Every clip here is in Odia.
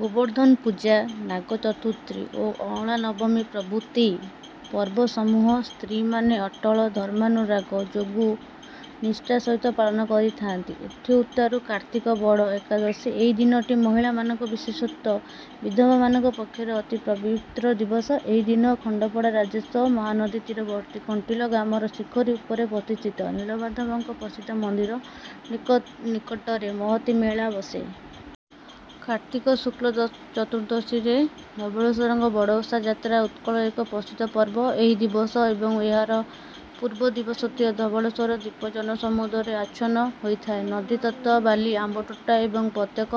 ଗୋବର୍ଦ୍ଧନପୂଜା, ନାଗଚତୁର୍ଥୀ ଓ ଅଁଳାନବମୀ ପ୍ରଭୃତି ପର୍ବସମୂହ ସ୍ତ୍ରୀମାନେ ଅଟଳ ଧର୍ମାନୁରାଗ ଯୋଗୁଁ ନିଷ୍ଠା ସହିତ ପାଳନ କରିଥାନ୍ତି। ଏଥିଉତ୍ତାରୁ କାର୍ତ୍ତିକ ବଡ଼ ଏକାଦଶୀ। ଏହି ଦିନଟି ମହିଳାମାନଙ୍କ, ବିଶେଷତଃ ବିଧବାମାନଙ୍କ ପକ୍ଷରେ ଅତି ପବିତ୍ର ଦିବସ। ଏହି ଦିନ ଖଣ୍ଡପଡ଼ାରାଜ୍ୟସ୍ଥ ମହାନଦୀତୀରବର୍ତ୍ତୀ କଣ୍ଟିଲୋ ଗ୍ରାମର ଶିଖରୀ ଉପରେ ପ୍ରତିଷ୍ଠିତ ନୀଳମାଧବଙ୍କ ପ୍ରସିଦ୍ଧ ମନ୍ଦିର ନିକଟରେ ମହତୀ ମେଳା ବସେ। କାର୍ତ୍ତିକ ଶୁକ୍ଳ ଚତୁର୍ଦଶୀରେ ଧବଳେଶ୍ୱରଙ୍କ ବଡ଼ଓଷା ଯାତ୍ରା ଉତ୍କଳର ଏକ ପ୍ରସିଦ୍ଧ ପର୍ବ-। ଏହି ଦିବସ ଏବଂ ଏହାର ପୂର୍ବ ଦିବସତ୍ରୟ ଧବଳେଶ୍ୱର ଦ୍ୱୀପ ଜନସମୁଦ୍ରରେ ଆଚ୍ଛନ୍ନ ହୋଇଥାଏ। ନଦୀତଟ, ବାଲି, ଆମ୍ୱତୋଟା ଏବଂ ପ୍ରତ୍ୟେକ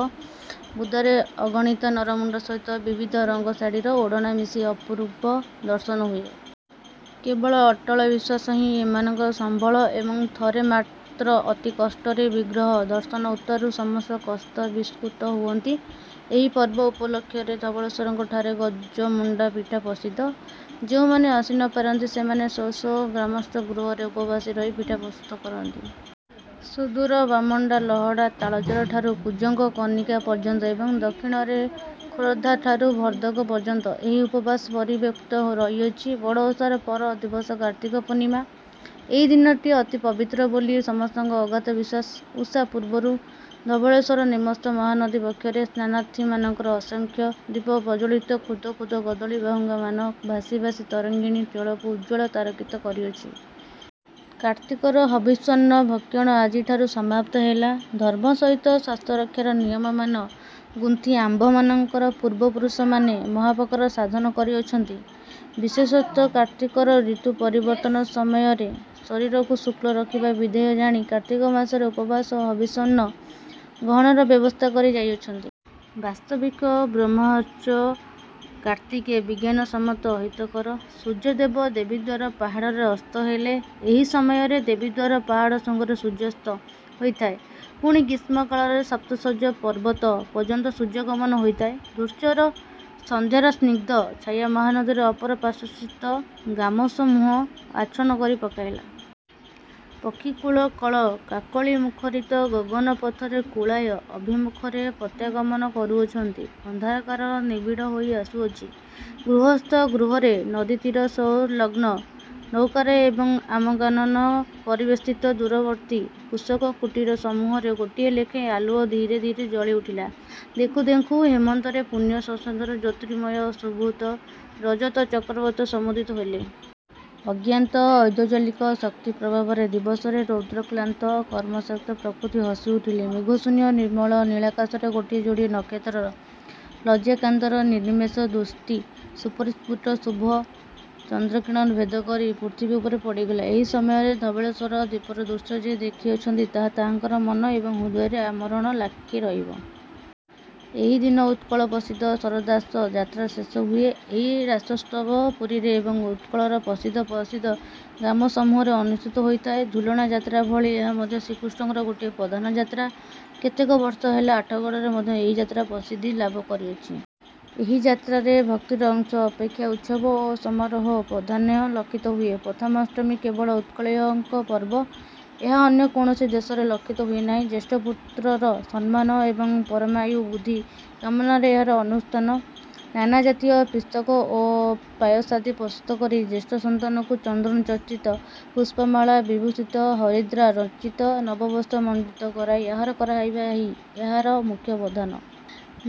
ବୁଦାରେ ଅଗଣିତ ନର-ମୁଣ୍ଡ ସହିତ ବିବିଧ ରଙ୍ଗ ଶାଢ଼ୀର ଓଢ଼ଣା ମିଶି ଅପୂର୍ବ ଦର୍ଶନ ହୁଏ। କେବଳ ଅଟଳ ବିଶ୍ୱାସ ହିଁ ଏମାନଙ୍କର ସମ୍ୱଳ ଏବଂ ଥରେ ମାତ୍ର ଅତି କଷ୍ଟରେ ବିଗ୍ରହ ଦର୍ଶନ ଉତ୍ତାରୁ ସମସ୍ତ କଷ୍ଟ ବିସ୍ମୃତ ହୁଅନ୍ତି। ଏହି ପର୍ବ ଉପଲକ୍ଷରେ ଧବଳେଶ୍ୱରଙ୍କଠାରେ ଗଜମଣ୍ଡା ପିଠା ପ୍ରସିଦ୍ଧ। ଯେଉଁମାନେ ଆସି ନ ପାରନ୍ତି, ସେମାନେ ସ୍ୱ ସ୍ୱ ଗ୍ରାମସ୍ଥ ଗୃହରେ ଉପବାସୀ ରହି ପିଠା ପ୍ରସ୍ତୁତ କରନ୍ତି। ସୁଦୂର ବାମଣ୍ଡା, ଲହଡ଼ା, ତାଳଚେରଠାରୁ କୁଜଙ୍ଗ, କନିକା ପର୍ଯ୍ୟନ୍ତ ଏବଂ ଦକ୍ଷିଣରେ ଖୋରଧାଠାରୁ ଭଦ୍ରଖ ପର୍ଯ୍ୟନ୍ତ ଏହି ଉପବାସ ପରିବ୍ୟାପ୍ତ ରହିଅଛି। ବଡ଼ଓଷାର ପର ଦିବସ କାର୍ତ୍ତିକ ପୂର୍ଣ୍ଣିମା। ଏହି। ଦିନଟି ଅତି ପବିତ୍ର ବୋଲି ସମସ୍ତଙ୍କର ଅଗାଧ ବିଶ୍ୱାସ। ଉଷା ପୂର୍ବରୁ ଧବଳେଶ୍ୱର ନିମ୍ନସ୍ଥ ମହାନଦୀ ବକ୍ଷରେ ସ୍ନାନାର୍ଥିମାନଙ୍କର ଅସଂଖ୍ୟ ଦୀପ ପ୍ରଜ୍ୱଳିତ କ୍ଷୁଦ୍ର କ୍ଷୁଦ୍ର କଦଳୀବାହୁଙ୍ଗାମାନ ଭାସି ଭାସି ତରଙ୍ଗିଣୀ ଜଳକୁ ଉଜ୍ଜ୍ୱଳ ତାରକିତ କରିଅଛି। କାର୍ତ୍ତିକର ହବିଷ୍ୟାନ୍ନଭକ୍ଷଣ ଆଜିଠାରୁ ସମାପ୍ତ ହେଲା। ଧର୍ମ ସହିତ ସ୍ୱାସ୍ଥ୍ୟରକ୍ଷାର ନିୟମମାନ ଗୁନ୍ଥି ଆମ୍ଭମାନଙ୍କର ପୂର୍ବପୁରୁଷମାନେ ମହୋପକାର ସାଧନ କରିଅଛନ୍ତି। ବିଶେଷତଃ କାର୍ତ୍ତିକର ଋତୁ ପରିବର୍ତ୍ତନ ସମୟରେ ଶରୀରକୁ ଶୁଷ୍କ ରଖିବା ବିଧେୟ ଜାଣି, କାର୍ତ୍ତିକ ମାସରେ ଉପବାସ ଓ ହବିଷ୍ୟାନ୍ନ ଗ୍ରହଣର ବ୍ୟବସ୍ଥା କରି ଯାଇଅଛନ୍ତି। ବାସ୍ତବିକ ବହ୍ୱାହାରଶ୍ଚ କାର୍ତ୍ତିକେ ବିଜ୍ଞାନସମ୍ମତ ଅହିତକର। ସୂର୍ଯ୍ୟଦେବ ଦେବୀଦ୍ୱାର ପାହାଡ଼ରେ ଅସ୍ତ ହେଲେ। ଏହି ସମୟରେ ଦେବୀଦ୍ୱାର ପାହାଡ଼ ଶୃଙ୍ଗରେ ସୂର୍ଯ୍ୟାସ୍ତ ହୋଇଥାଏ। ପୁଣି ଗ୍ରୀଷ୍ମକାଳରେ ସପ୍ତଶଯ୍ୟା ପର୍ବତ ପର୍ଯ୍ୟନ୍ତ ସୂର୍ଯ୍ୟାଗମନ ହୋଇଥାଏ। ଧୂସର ସନ୍ଧ୍ୟାର ସ୍ନିଗ୍ଧ ଛାୟା ମହାନଦୀର ଅପର ପାର୍ଶ୍ୱସ୍ଥିତ ଗ୍ରାମସମୂହ ଆଚ୍ଛନ୍ନ କରି ପକାଇଲା। ପକ୍ଷିକୁଳ କଳ କାକଳିମୁଖରିତ ଗଗନପଥରେ କୁଳାୟ ଅଭିମୁଖରେ ପ୍ରତ୍ୟାଗମନ କରୁଅଛନ୍ତି, ଅନ୍ଧକାର ନିବିଡ଼ ହୋଇ ଆସୁଅଛି। ଗୃହସ୍ଥ ଗୃହରେ, ନଦୀତୀରସଂଲଗ୍ନ ନୌକାରେ ଏବଂ ଆମ୍ରକାନନ ପରିବେଷ୍ଟିତ ଦୂରବର୍ତ୍ତୀ କୃଷକ କୁଟୀରସମୂହରେ ଗୋଟିଏ ଲେଖାଏଁ ଆଲୁଅ ଧୀରେ ଧୀରେ ଜଳି ଉଠିଲା। ଦେଖୁଁ ଦେଖୁଁ ହେମନ୍ତର ପୂର୍ଣ୍ଣ ଶଶଧର ଜ୍ୟୋତିର୍ମୟ ସୁବୃହତ୍ ରଜତଚକ୍ରବତ୍ ସମୁଦିତ ହେଲେ। ଅଜ୍ଞାତ ଐନ୍ଦ୍ରଜାଲିକ ଶକ୍ତିପ୍ରଭାବରେ ଦିବସର ରୌଦ୍ରକ୍ଳାନ୍ତ, କର୍ମଶ୍ରାନ୍ତ ପ୍ରକୃତି ହସି ଉଠିଲେ। ମେଘଶୂନ୍ୟ ନିର୍ମଳ ନୀଳାକାଶରେ ଗୋଟିଏ ଯୋଡ଼ିଏ ନକ୍ଷତ୍ରର ଲଜ୍ଜାକାତର ନିର୍ନିମେଷ ଦୃଷ୍ଟି ସୁପରିସ୍ଫୁଟ ଶୁଭ୍ର ଚନ୍ଦ୍ରକିରଣ ଭେଦ କରି ପୃଥିବୀ ଉପରେ ପଡ଼ିଗଲା। ଏହି ସମୟରେ ଧବଳେଶ୍ୱର ଦ୍ୱୀପର ଦୃଶ୍ୟ ଯେ ଦେଖିଅଛନ୍ତି, ତାହା ତାହାଙ୍କର ମନ ଏବଂ ହୃଦୟରେ ଆମରଣ ଲାଖି ରହିବ। ଏହି ଦିନ ଉତ୍କଳପ୍ରସିଦ୍ଧ ଶରଦ୍ରାସ ଯାତ୍ରା ଶେଷ ହୁଏ। ଏହି ରାସୋତ୍ସବ ପୁରୀରେ ଏବଂ ଉତ୍କଳର ପ୍ରସିଦ୍ଧ ପ୍ରସିଦ୍ଧ ଗ୍ରାମସମୂହରେ ଅନୁଷ୍ଠିତ ହୋଇଥାଏ। ଝୁଲଣା ଯାତ୍ରା ଭଳି ଏହା ମଧ୍ୟ ଶ୍ରୀକୃଷ୍ଣଙ୍କର ଗୋଟିଏ ପ୍ରଧାନ ଯାତ୍ରା। କେତେକ ବର୍ଷ ହେଲା ଆଠଗଡ଼ରେ ମଧ୍ୟ ଏହି ଯାତ୍ରା ପ୍ରସିଦ୍ଧି ଲାଭ କରିଅଛି। ଏହି ଯାତ୍ରାରେ ଭକ୍ତିର ଅଂଶ ଅପେକ୍ଷା ଉତ୍ସବ ଓ ସମାରୋହର ପ୍ରଧାନ୍ୟ ଲକ୍ଷିତ ହୁଏ। ପ୍ରଥମାଷ୍ଟମୀ କେବଳ ଉତ୍କଳୀୟଙ୍କ ପର୍ବ। ଏହା ଅନ୍ୟ କୌଣସି ଦେଶରେ ଲକ୍ଷିତ ହୁଏ ନାହିଁ। ଜ୍ୟେଷ୍ଠ ପୁତ୍ରର ସମ୍ମାନ ଏବଂ ପରମାୟୁ ବୁଦ୍ଧି କାମନାରେ ଏହାର ଅନୁଷ୍ଠାନ। ନାନା ଜାତୀୟ ପିଷ୍ଟକ ଓ ପାୟସାଦି ପ୍ରସ୍ତୁତ କରି ଜ୍ୟେଷ୍ଠ ସନ୍ତାନକୁ ଚନ୍ଦନଚର୍ଚ୍ଚିତ, ପୁଷ୍ପମାଳା ବିଭୂଷିତ, ହରିଦ୍ରା ରଞ୍ଜିତ ନବବସ୍ତ୍ର ମଣ୍ଡିତ କରାଇ ଆହାର କରାଇବାହିଁ ଏହାର ମୁଖ୍ୟ ବଧାନ।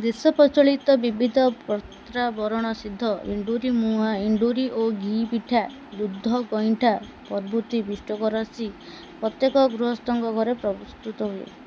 ଦେଶପ୍ରଚଳିତ ବିବିଧ ପତ୍ରାବରଣ-ସିଦ୍ଧ ଏଣ୍ଡୁରି, ମୁଆଁ ଏଣ୍ଡୁରି ଓ ଘି ପିଠା, ଦୁଧଗଇଁଠା ପ୍ରଭୃତି ପିଷ୍ଟକରାଶି ପ୍ରତ୍ୟେକ ଗୃହସ୍ଥଙ୍କ ଘରେ ପ୍ରସ୍ତୁତ ହୁଏ।